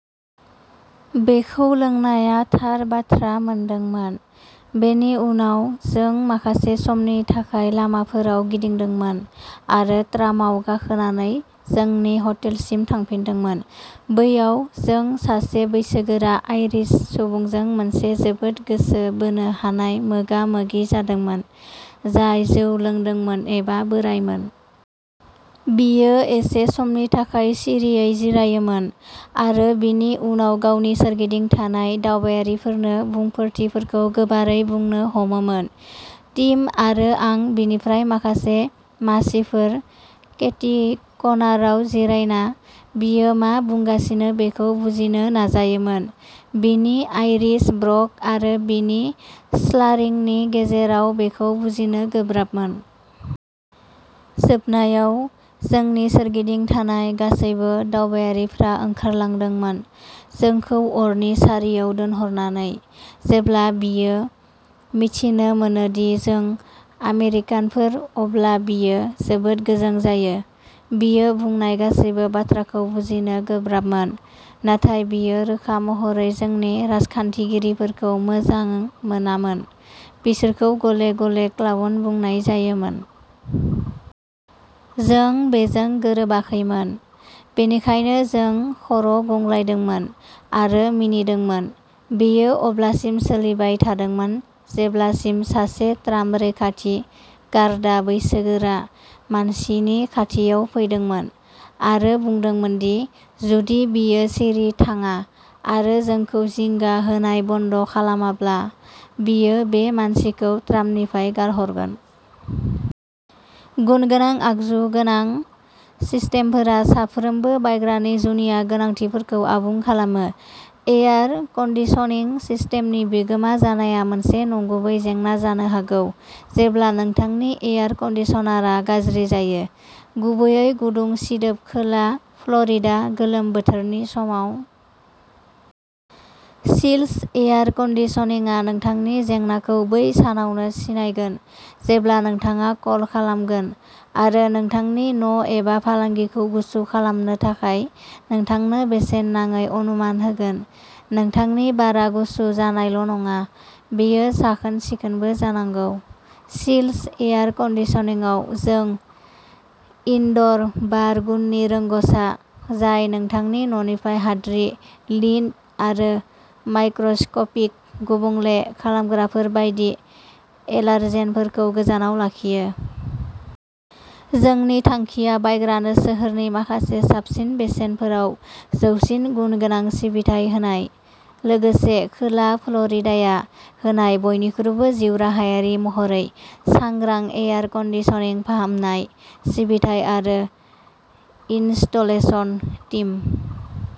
बेखौ लोंनाया थार बाथ्रा मोनदोंमोन। बेनि उनाव, जों माखासे समनि थाखाय लामाफोराव गिदिंदोंमोन आरो ट्रामआव गाखोनानै जोंनि हटेलसिम थांफिनदोंमोन। बैयाव, जों सासे बैसोगोरा आइरिश सुबुंजों मोनसे जोबोद गोसो बोनो हानाय मोगा-मोगि जादोंमोन, जाय जौ लोंदोंमोन एबा बोराइमोन। बियो एसे समनि थाखाय सिरियै जिरायोमोन, आरो बिनि उनाव गावनि सोरगिदिं थानाय दावबायारिफोरनो बुंफोरथिफोरखौ गोबारै बुंनो हमोमोन। टिम आरो आं बिनिफ्राय माखासे मासिफोर केटिक'नाराव जिरायना, बियो मा बुंगासिनो बेखौ बुजिनो नाजायोमोन। बिनि आइरिश ब्रग आरो बिनि स्लारिंनि गेजेराव, बेखौ बुजिनो गोब्राबमोन। जोबनायाव, जोंनि सोरगिदिं थानाय गासैबो दावबायारिफ्रा ओंखारलांदोंमोन, जोंखौ अरनि सारियाव दोनहरनानै। जेब्ला बियो मिथिनो मोनो दि जों आमेरिकानफोर, अब्ला बियो जोबोद गोजों जायो। बियो बुंनाय गासैबो बाथ्राखौ बुजिनो गोब्राबमोन, नाथाय बियो रोखा महरै जोंनि राजखान्थिगिरिफोरखौ मोजां मोनामोन, बिसोरखौ गले-गले "क्लाउन" बुंनाय जायोमोन। जों बेजों गोरोबाखैमोन, बेनिखायनो जों खर'गंग्लायदोंमोन आरो मिनिदोंमोन। बेयो अब्लासिम सोलिबाय थादोंमोन जेब्लासिम सासे ट्राम रैखाथि गारदा बैसोगोरा मानसिनि खाथियाव फैदोंमोन आरो बुंदोंमोन दि जुदि बियो सिरि थांङा आरो जोंखौ जिंगा होनाय बन्द'खालामाब्ला, बियो बे मानसिखौ ट्रामनिफ्राय गारहरगोन। गुनगोनां आगजु गोनां सिस्टेमफोरा साफ्रोमबो बायग्रानि जुनिया गोनांथिफोरखौ आबुं खालामो। एयार कन्दिसनिं सिस्टेमनि बिगोमा जानाया मोनसे नंगुबै जेंना जानो हागौ जेब्ला नोंथांनि एयार कन्दिसनारआ गाज्रि जायो, गुबैयै गुदुं सिदोब खोला फ्ल'रिडा गोलोम बोथोरनि समाव। चिल्स एयार कन्दिसनिंआ नोंथांनि जेंनाखौ बै सानावनो सिनायगोन जेब्ला नोंथांङा कल खालामगोन आरो नोंथांनि न'एबा फालांगिखौ गुसु खालामनो थाखाय नोंथांनो बेसेन नांङै अनुमान होगोन। नोंथांनि बारआ गुसु जानायल'नंङा, बेयो साखोन-सिखोनबो जानांगौ। चिल्स एयार कन्दिसनिंआव, जों इनड'र बार गुननि रोंग'सा, जाय नोंथांनि न'निफ्राय हाद्रि, लिन्ट आरो माइक्र'स्क'पिक गुबुंले खालामग्राफोर बायदि एलार्जेनफोरखौ गोजानाव लाखियो। जोंनि थांखिया बायग्रानो सोहोरनि माखासे साबसिन बेसेनफोराव जौसिन गुन गोनां सिबिथाइ होनाय, लोगोसे खोला फ्ल'रिडाया होनाय बयनिख्रुइबो जिउराहायारि महरै सांग्रां एयार कन्दिसनिं फाहामनाय, सिबिथाइ आरो इनस्टलेशन टीम।